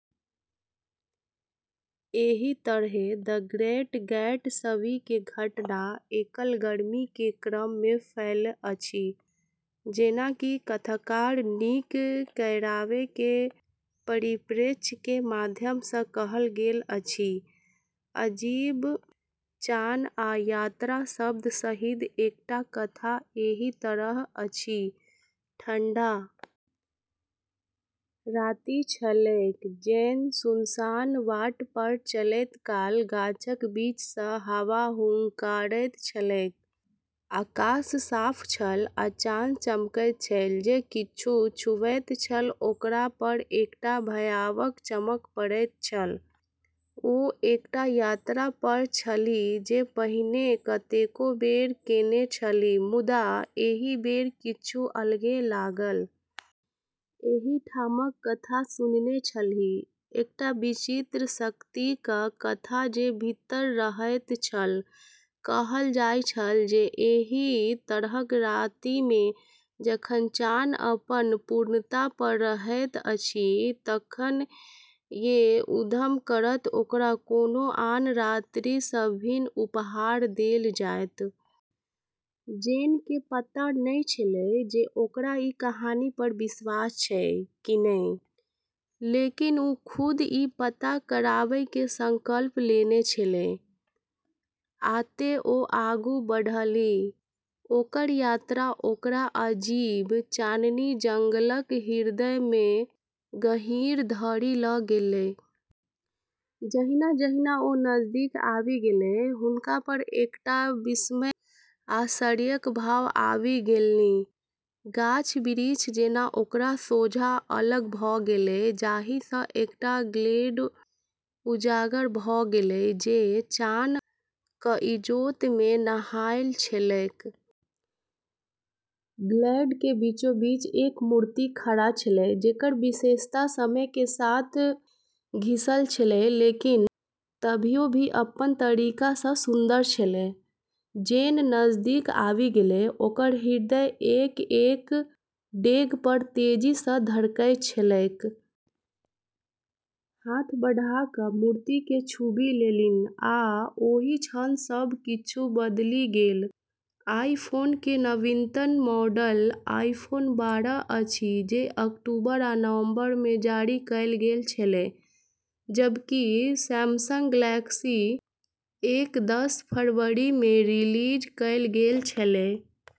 एहि तरहें "The Great Gatsby" के घटना एकल गर्मी के क्रम मे फैल अछि, जेना कि कथाकार निक कैरावे के परिप्रेक्ष्य के माध्यम सँ कहल गेल अछि। "अजीब", "चान", आ "यात्रा" शब्द सहित एकटा कथा एहि तरह अछि। ठंढा राति छलैक। जेन सुनसान बाट पर चलैत काल गाछक बीच सँ हवा हुंकारैत छलैक। आकाश साफ छल, आ चान चमकैत छल जे किछु छूबैत छल ओकरा पर एकटा भयावह चमक पड़ैत छल। ओ एकटा यात्रा पर छलीह, जे पहिने कतेको बेर केने छलीह, मुदा एहि बेर किछु अलगे लागल। एहि ठामक कथा सुनने छलीह, एकटा विचित्र शक्तिक कथा जे भीतर रहैत छल। कहल जाइत छल जे एहि तरहक राति मे, जखन चान अपन पूर्णता पर रहैत अछि, एतय जे उद्यम करत ओकरा कोनो आन राति सँ भिन्न उपहार देल जायत। जेन के पता नै छेलै जे ओकरा ई कहानी पर विश्वास छै कि नै, लेकिन वू खुद ई पता लगाबै के संकल्प लेने छेलै। आ तें, ओ आगू बढ़लीह। ओकर यात्रा ओकरा अजीब, चाननी जंगलक हृदय मे गहींर धरि ल' गेलै। जहिना-जहिना ओ नजदीक आबि गेलीह, हुनका पर एकटा विस्मय आश्चर्यक भाव आबि गेलनि। गाछ-बिरिछ जेना ओकरा सोझाँ अलग भ' गेलै, जाहि सँ एकटा ग्लेड उजागर भ' गेलै जे चान'क इजोत मे नहाएल छलैक। ग्लेड के बीचोबीच एक मूर्ति खड़ा छेलै, जेकर विशेषता समय के साथ घिसल छेलै लेकिन तभियो भी अपन तरीका सँ सुन्दर छेलै। जेन नजदीक आबि गेलै, ओकर हृदय एक-एक डेग पर तेजी सँ धड़कैत छलैक। हाथ बढ़ा क' मूर्ति केँ छूबि लेलनि, आ ओहि क्षण, सब किछु बदलि गेल। आईफोन के नवीनतम मॉडल आईफोन बारह अछि, जे अक्टूबर आ नवंबर मे जारी कएल गेल छेलै। जबकि सैमसंग गैलेक्सी एस दस फरवरी मे रिलीज कएल गेल छेलै।